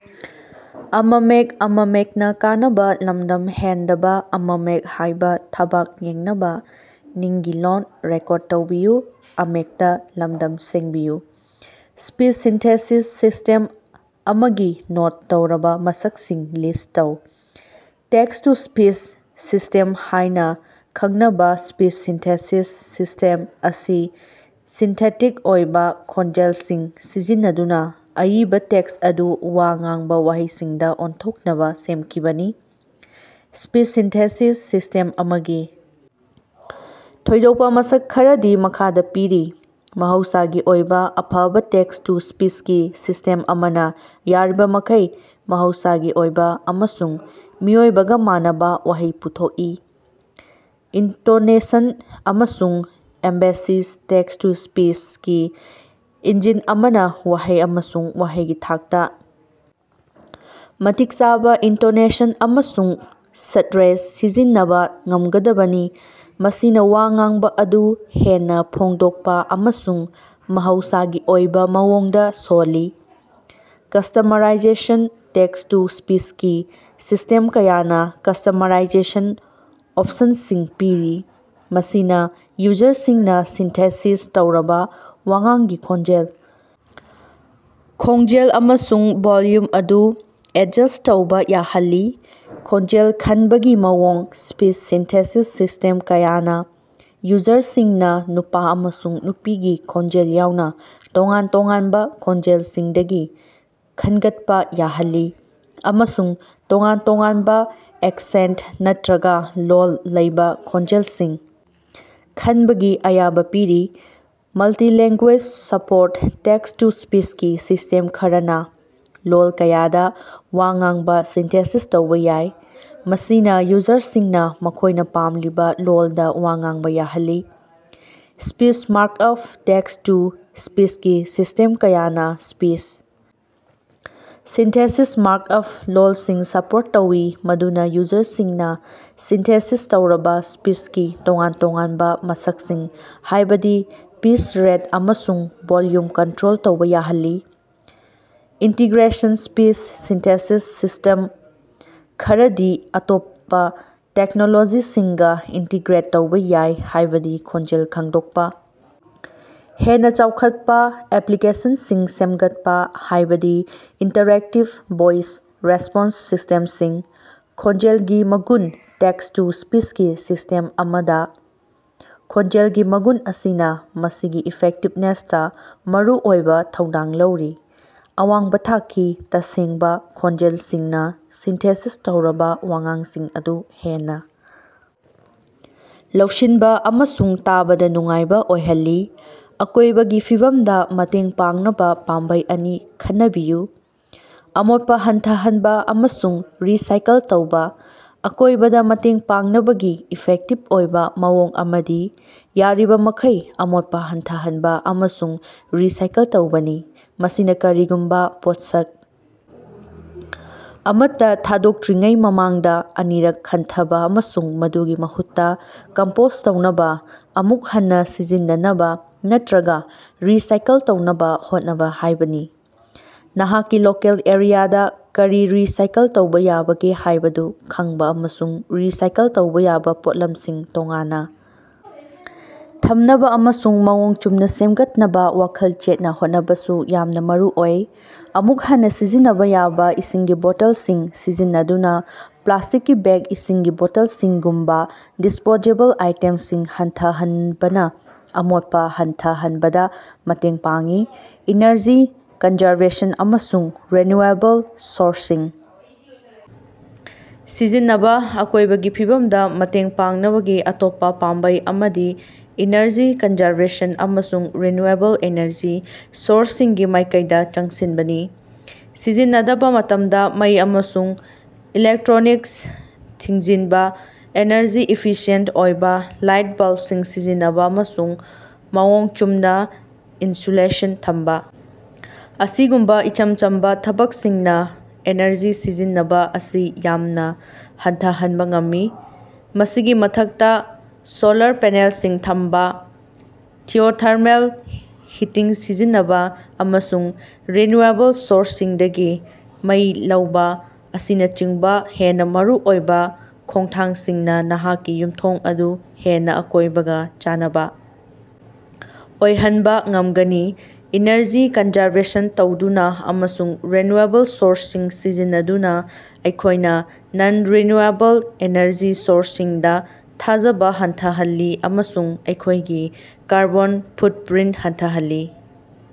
Speech synthesis system ꯑꯃꯒꯤ note ꯇꯧꯔꯕ ꯃꯁꯛꯁꯤꯡ ꯂꯤꯁ ꯇꯧ꯫ ꯇꯦꯛꯁ-ꯇꯨ-ꯁ꯭ꯄꯤꯆ ꯁꯤꯁꯇꯦꯝ ꯍꯥꯏꯅ ꯈꯪꯅꯕꯥ ꯁ꯭ꯄꯤꯆ ꯁꯤꯟꯊꯦꯁꯤꯁ ꯁꯤꯁꯇꯦꯝ ꯑꯁꯤ ꯁꯤꯟꯊꯦꯇꯤꯛ ꯑꯣꯏꯕ ꯈꯣꯟꯖꯦꯜꯁꯤꯡ ꯁꯤꯖꯤꯟꯅꯗꯨꯅ ꯑꯏꯕ ꯇꯦꯛꯁ ꯑꯗꯨ ꯋꯥ ꯉꯥꯡꯕ ꯋꯥꯍꯩꯁꯤꯡꯗ ꯑꯣꯟꯊꯣꯛꯅꯕ ꯁꯦꯝꯈꯤꯕꯅꯤ꯫ ꯁ꯭ꯄꯤꯆ ꯁꯤꯟꯊꯦꯁꯤꯁ ꯁꯤꯁꯇꯦꯝ ꯑꯃꯒꯤ ꯊꯣꯏꯗꯣꯛꯄ ꯃꯁꯛ ꯈꯔꯗꯤ ꯃꯈꯥꯗ ꯄꯤꯔꯤ: ꯃꯍꯧꯁꯥꯒꯤ ꯑꯣꯏꯕ: ꯑꯐꯕ ꯇꯦꯛꯁ ꯇꯨ ꯁ꯭ꯄꯤꯁꯀꯤ ꯁꯤꯁ꯭ꯇꯦꯝ ꯑꯃꯅ ꯌꯥꯔꯤꯕꯃꯈꯩ ꯃꯍꯧꯁꯥꯒꯤ ꯑꯣꯏꯕ ꯑꯃꯁꯨꯡ ꯃꯤꯑꯣꯏꯕꯒꯥ ꯃꯥꯟꯅꯕ ꯋꯥꯍꯩ ꯄꯨꯊꯣꯛꯏ꯫ ꯏꯟꯇꯣꯅꯦꯁꯟ ꯑꯃꯁꯨꯡ ꯑꯦꯝꯕꯦꯁꯤꯁ: ꯇꯦꯛꯁ ꯇꯨ ꯁ꯭ꯄꯤꯆꯀꯤ ꯏꯟꯖꯤꯟ ꯑꯃꯅ ꯋꯥꯍꯩ ꯑꯃꯁꯨꯡ ꯋꯥꯍꯩꯒꯤ ꯊꯥꯛꯇꯥ ꯃꯇꯤꯛ ꯆꯥꯕ ꯏꯟꯇꯣꯅꯦꯁꯟ ꯑꯃꯁꯨꯡ ꯁ꯭ꯠꯔꯦꯁ ꯁꯤꯖꯤꯟꯅꯕ ꯉꯝꯒꯗꯕꯅꯤ, ꯃꯁꯤꯅ ꯋꯥ ꯉꯥꯡꯕ ꯑꯗꯨ ꯍꯦꯟꯅ ꯐꯣꯡꯗꯣꯛꯄ ꯑꯃꯁꯨꯡ ꯃꯍꯧꯁꯥꯒꯤ ꯑꯣꯏꯕ ꯃꯑꯣꯡꯗ ꯁꯣꯜꯂꯤ꯫ ꯀꯁꯇꯃꯔꯥꯏꯖꯦꯁꯟ: ꯇꯦꯛꯁ ꯇꯨ ꯁ꯭ꯄꯤꯆꯀꯤ ꯁꯤꯁꯇꯦꯝ ꯀꯌꯥꯅ ꯀꯁꯇꯃꯔꯥꯏꯖꯦꯁꯟ ꯑꯣꯞꯁꯟꯁꯤꯡ ꯄꯤꯔꯤ, ꯃꯁꯤꯅ ꯌꯨꯖꯔꯁꯤꯡꯅꯥ ꯁꯤꯟꯊꯦꯁꯤꯁ ꯇꯧꯔꯕ ꯋꯥꯉꯥꯡꯒꯤ ꯈꯣꯟꯖꯦꯜ, ꯈꯣꯡꯖꯦꯜ ꯑꯃꯁꯨꯡ ꯚꯣꯜꯌꯨꯝ ꯑꯗꯨ ꯑꯦꯠꯖꯁ ꯇꯧꯕ ꯌꯥꯍꯜꯂꯤ꯫ ꯈꯣꯟꯖꯦꯜ ꯈꯟꯕꯒꯤ ꯃꯑꯣꯡ: ꯁ꯭ꯄꯤꯆ ꯁꯤꯟꯊꯦꯁꯤꯁ ꯁꯤꯁꯇꯦꯝ ꯀꯌꯥꯅ ꯌꯨꯖꯔꯁꯤꯡꯅꯥ ꯅꯨꯄꯥ ꯑꯃꯁꯨꯡ ꯅꯨꯄꯤꯒꯤ ꯈꯣꯟꯖꯦꯜ ꯌꯥꯎꯅ ꯇꯣꯉꯥꯟ ꯇꯣꯉꯥꯟꯕ ꯈꯣꯟꯖꯦꯜꯁꯤꯡꯗꯒꯤ ꯈꯟꯒꯠꯄꯥ ꯌꯥꯍꯜꯂꯤ, ꯑꯃꯁꯨꯡ ꯇꯣꯉꯥꯟ ꯇꯣꯉꯥꯟꯕ ꯑꯦꯛꯁꯦꯟ ꯅꯠꯇ꯭ꯔꯒ ꯂꯣꯜ ꯂꯩꯕ ꯈꯣꯟꯖꯦꯜꯁꯤꯡ ꯈꯟꯕꯒꯤ ꯑꯌꯥꯕ ꯄꯤꯔꯤ꯫ ꯃꯜꯇꯤ-ꯂꯦꯡꯒꯨꯏ ꯁꯄꯣꯔꯠ: ꯇꯦꯛꯁ ꯇꯨ ꯁ꯭ꯄꯤꯆꯀꯤ ꯁꯤꯁꯇꯦꯝ ꯈꯔꯅꯥ ꯂꯣꯜ ꯀꯌꯥꯗ ꯋꯥ ꯉꯥꯡꯕ ꯁꯤꯟꯊꯦꯁꯤꯁ ꯇꯧꯕ ꯌꯥꯏ, ꯃꯁꯤꯅ ꯌꯨꯖꯔꯁꯤꯡꯅꯥ ꯃꯈꯣꯏꯅ ꯄꯥꯝꯂꯤꯕ ꯂꯣꯜꯗꯥ ꯋꯥ ꯉꯥꯡꯕ ꯌꯥꯍꯜꯂꯤ꯫ ꯁ꯭ꯄꯤꯆ ꯃꯥꯔꯛꯑꯞ: ꯇꯦꯛꯁ ꯇꯨ ꯁ꯭ꯄꯤꯆꯀꯤ ꯁꯤꯁꯇꯦꯝ ꯀꯌꯥꯅ ꯁ꯭ꯄꯤꯆ ꯁꯤꯟꯊꯦꯁꯤꯁ ꯃꯥꯔꯛꯑꯞ ꯂꯣꯜꯁꯤꯡ ꯁꯄꯣꯔꯠ ꯇꯧꯏ, ꯃꯗꯨꯅ ꯌꯨꯖꯔꯁꯤꯡꯅꯥ ꯁꯤꯟꯊꯦꯁꯤꯁ ꯇꯧꯔꯕ ꯁ꯭ꯄꯤꯆꯀꯤ ꯇꯣꯉꯥꯟ-ꯇꯣꯉꯥꯟꯕ ꯃꯁꯛꯁꯤꯡ, ꯍꯥꯏꯕꯗꯤ ꯄꯤꯁ, ꯔꯦꯠ, ꯑꯃꯁꯨꯡ ꯚꯣꯜꯌꯨꯝ ꯀꯟꯇ꯭ꯔꯣꯜ ꯇꯧꯕ ꯌꯥꯍꯜꯂꯤ꯫ ꯏꯟꯇꯤꯒ꯭ꯔꯦꯁꯟ: ꯁ꯭ꯄꯤꯆ ꯁꯤꯟꯊꯦꯁꯤꯁ ꯁꯤꯁꯇꯦꯝ ꯈꯔꯗꯤ ꯑꯇꯣꯞꯄ ꯇꯦꯛꯅꯣꯂꯣꯖꯤꯁꯤꯡꯒꯥ ꯏꯟꯇꯤꯒ꯭ꯔꯦꯠ ꯇꯧꯕ ꯌꯥꯏ, ꯍꯥꯏꯕꯗꯤ ꯈꯣꯟꯖꯦꯜ ꯈꯪꯗꯣꯛꯄꯥ, ꯍꯦꯟꯅ ꯆꯥꯎꯈꯠꯄ ꯑꯦꯄ꯭ꯂꯤꯀꯦꯁꯟꯁꯤꯡ ꯁꯦꯝꯒꯠꯄꯥ, ꯍꯥꯏꯕꯗꯤ ꯏꯟꯇꯔꯦꯛꯇꯤꯚ ꯚꯣꯏꯁ ꯔꯦꯁꯄꯣꯟꯁ ꯁꯤꯁꯇꯦꯝꯁꯤꯡ꯫ ꯈꯣꯟꯖꯦꯜꯒꯤ ꯃꯒꯨꯟ: ꯇꯦꯛꯁ ꯇꯨ ꯁ꯭ꯄꯤꯆꯀꯤ ꯁꯤꯁꯇꯦꯝ ꯑꯃꯗ ꯈꯣꯟꯖꯦꯜꯒꯤ ꯃꯒꯨꯟ ꯑꯁꯤꯅ ꯃꯁꯤꯒꯤ ꯏꯐꯦꯛꯇꯤꯚꯅꯦꯁꯇꯥ ꯃꯔꯨꯑꯣꯏꯕ ꯊꯧꯗꯥꯡ ꯂꯧꯔꯤ꯫ ꯑꯋꯥꯡꯕ ꯊꯥꯛꯀꯤ, ꯇꯁꯦꯡꯕꯥ ꯈꯣꯟꯖꯦꯜꯁꯤꯡꯅꯥ ꯁꯤꯟꯊꯦꯁꯤꯁ ꯇꯧꯔꯕ ꯋꯥꯉꯥꯡꯁꯤꯡ ꯑꯗꯨ ꯍꯦꯟꯅ ꯂꯧꯁꯤꯟꯕ ꯑꯃꯁꯨꯡ ꯇꯥꯕꯗ ꯅꯨꯡꯉꯥꯏꯕ ꯑꯣꯏꯍꯜꯂꯤ꯫ ꯑꯀꯣꯏꯕꯒꯤ ꯐꯤꯚꯝꯗꯥ ꯃꯇꯦꯡ ꯄꯥꯡꯅꯕ ꯄꯥꯝꯕꯩ ꯑꯅꯤ ꯈꯟꯅꯕꯤꯌꯨ꯫ ꯑꯃꯣꯠꯄ ꯍꯟꯊꯍꯟꯕꯥ ꯑꯃꯁꯨꯡ ꯔꯤꯁꯥꯏꯀꯜ ꯇꯧꯕꯥ: ꯑꯀꯣꯏꯕꯗ ꯃꯇꯦꯡ ꯄꯥꯡꯅꯕꯒꯤ ꯏꯐꯦꯛꯇꯤꯚ ꯑꯣꯏꯕ ꯃꯑꯣꯡ ꯑꯃꯗꯤ ꯌꯥꯔꯤꯕꯃꯈꯩ ꯑꯃꯣꯠꯄ ꯍꯟꯊꯍꯟꯕ ꯑꯃꯁꯨꯡ ꯔꯤꯁꯥꯏꯀꯜ ꯇꯧꯕꯅꯤ꯫ ꯃꯁꯤꯅ ꯀꯔꯤꯒꯨꯝꯕ ꯄꯣꯠꯁꯛ ꯑꯃꯠꯇ ꯊꯥꯗꯣꯛꯇ꯭ꯔꯤꯉꯩ ꯃꯃꯥꯡꯗ ꯑꯅꯤꯔꯛ ꯈꯟꯊꯕꯥ ꯑꯃꯁꯨꯡ ꯃꯗꯨꯒꯤ ꯃꯍꯨꯠꯇꯥ ꯀꯝꯄꯣꯁ ꯇꯧꯅꯕ, ꯑꯃꯨꯛ ꯍꯟꯅꯥ ꯁꯤꯖꯤꯟꯅꯅꯕ ꯅꯠꯇ꯭ꯔꯒ ꯔꯤꯁꯥꯏꯀꯜ ꯇꯧꯅꯕ ꯍꯣꯠꯅꯕ ꯍꯥꯏꯕꯅꯤ꯫ ꯅꯍꯥꯛꯀꯤ ꯂꯣꯀꯦꯜ ꯑꯦꯔꯤꯌꯥꯗ ꯀꯔꯤ ꯔꯤꯁꯥꯏꯀꯜ ꯇꯧꯕ ꯌꯥꯕꯒꯦ ꯍꯥꯏꯕꯗꯨ ꯈꯪꯕ ꯑꯃꯁꯨꯡ ꯔꯤꯁꯥꯏꯀꯜ ꯇꯧꯕ ꯌꯥꯕ ꯄꯣꯠꯂꯝꯁꯤꯡ ꯇꯣꯉꯥꯟꯅ ꯊꯝꯅꯕ ꯑꯃꯁꯨꯡ ꯃꯑꯣꯡ ꯆꯨꯝꯅꯥ ꯁꯦꯝꯒꯠꯅꯕ ꯋꯥꯈꯜ ꯆꯦꯠꯅ ꯍꯣꯠꯅꯕꯁꯨ ꯌꯥꯝꯅ ꯃꯔꯨꯑꯣꯏ꯫ ꯑꯃꯨꯛ ꯍꯟꯅꯥ ꯁꯤꯖꯤꯟꯅꯕ ꯌꯥꯕ ꯏꯁꯤꯡꯒꯤ ꯕꯣꯇꯜꯁꯤꯡ ꯁꯤꯖꯤꯟꯅꯗꯨꯅ ꯄ꯭ꯂꯥꯁꯇꯤꯛ ꯕꯦꯛ, ꯏꯁꯤꯡꯒꯤ ꯕꯣꯇꯜꯁꯤꯡꯒꯨꯝꯕ ꯗꯤꯁꯄꯣꯖꯦꯕꯜ ꯑꯥꯏꯇꯦꯝꯁꯤꯡ ꯍꯟꯊꯍꯟꯕꯅꯥ ꯑꯃꯣꯠꯄ ꯍꯟꯊꯍꯟꯕꯗꯥ ꯃꯇꯦꯡ ꯄꯥꯡꯏ꯫ ꯏꯅꯔꯖꯤ ꯀꯟꯖꯔꯕꯦꯁꯟ ꯑꯃꯁꯨꯡ ꯔꯤꯅ꯭ꯌꯨꯑꯦꯕꯜ ꯁꯣꯔꯁꯁꯤꯡ ꯁꯤꯖꯤꯟꯅꯕ: ꯑꯀꯣꯏꯕꯒꯤ ꯐꯤꯚꯝꯗ ꯃꯇꯦꯡ ꯄꯥꯡꯅꯕꯒꯤ ꯑꯇꯣꯞꯄ ꯄꯥꯝꯕꯩ ꯑꯃꯗꯤ ꯏꯅꯔꯖꯤ ꯀꯟꯖꯔꯕꯦꯁꯟ ꯑꯃꯁꯨꯡ ꯔꯤꯅ꯭ꯌꯨꯑꯦꯕꯜ ꯏꯅꯔꯖꯤ ꯁꯣꯔꯁꯁꯤꯡꯒꯤ ꯃꯥꯏꯀꯩꯗ ꯆꯪꯁꯤꯟꯕꯅꯤ꯫ ꯁꯤꯖꯤꯟꯅꯗꯕ ꯃꯇꯝꯗ ꯃꯩ ꯑꯃꯁꯨꯡ ꯏꯂꯦꯛꯇ꯭ꯔꯣꯅꯤꯛꯁ ꯊꯤꯡꯖꯤꯟꯕ, ꯑꯦꯅꯔꯖꯤ ꯏꯐꯤꯁꯤꯑꯦꯟ ꯑꯣꯏꯕ ꯂꯥꯏꯠ ꯕꯜꯕꯁꯤꯡ ꯁꯤꯖꯤꯟꯅꯕ, ꯑꯃꯁꯨꯡ ꯃꯑꯣꯡ ꯆꯨꯝꯅ ꯏꯟꯁꯨꯂꯦꯁꯟ ꯊꯝꯕ ꯑꯁꯤꯒꯨꯝꯕ ꯏꯆꯝ ꯆꯝꯕ ꯊꯕꯛꯁꯤꯡꯅꯥ ꯑꯦꯅꯔꯖꯤ ꯁꯤꯖꯤꯟꯅꯕ ꯑꯁꯤ ꯌꯥꯝꯅ ꯍꯟꯊꯍꯟꯕ ꯉꯝꯃꯤ꯫ ꯃꯁꯤꯒꯤ ꯃꯊꯛꯇꯥ, ꯁꯣꯂꯥꯔ ꯄꯦꯅꯦꯜꯁꯤꯡ ꯊꯝꯕ, ꯖꯤꯑꯣꯊꯔꯃꯦꯜ ꯍꯤꯇꯤꯡ ꯁꯤꯖꯤꯟꯅꯕ, ꯑꯃꯁꯨꯡ ꯔꯤꯅ꯭ꯌꯨꯑꯦꯕꯜ ꯁꯣꯔꯁꯁꯤꯡꯗꯒꯤ ꯃꯩ ꯂꯧꯕ ꯑꯁꯤꯅꯆꯤꯡꯕ ꯍꯦꯟꯅ ꯃꯔꯨꯑꯣꯏꯕ ꯈꯣꯡꯊꯥꯡꯁꯤꯡꯅ ꯅꯍꯥꯛꯀꯤ ꯌꯨꯝꯊꯣꯡ ꯑꯗꯨ ꯍꯦꯟꯅꯥ ꯑꯀꯣꯏꯕꯒꯥ ꯆꯥꯟꯅꯕ ꯑꯣꯏꯍꯟꯕ ꯉꯝꯒꯅꯤ꯫ ꯏꯅꯔꯖꯤ ꯀꯟꯖꯔꯕꯦꯁꯟ ꯇꯧꯗꯨꯅ ꯑꯃꯁꯨꯡ ꯔꯤꯅ꯭ꯌꯨꯑꯦꯕꯜ ꯁꯣꯔꯁꯁꯤꯡ ꯁꯤꯖꯤꯟꯅꯗꯨꯅ ꯑꯩꯈꯣꯏꯅ ꯅꯟ-ꯔꯤꯅ꯭ꯌꯨꯑꯦꯕꯜ ꯏꯅꯔꯖꯤ ꯁꯣꯔꯁꯁꯤꯡꯗꯥ ꯊꯥꯖꯕ ꯍꯟꯊꯍꯜꯂꯤ ꯑꯃꯁꯨꯡ ꯑꯩꯈꯣꯏꯒꯤ ꯀꯥꯔꯕꯣꯟ ꯐꯨꯠꯄ꯭ꯔꯤꯟ ꯍꯟꯊꯍꯜꯂꯤ꯫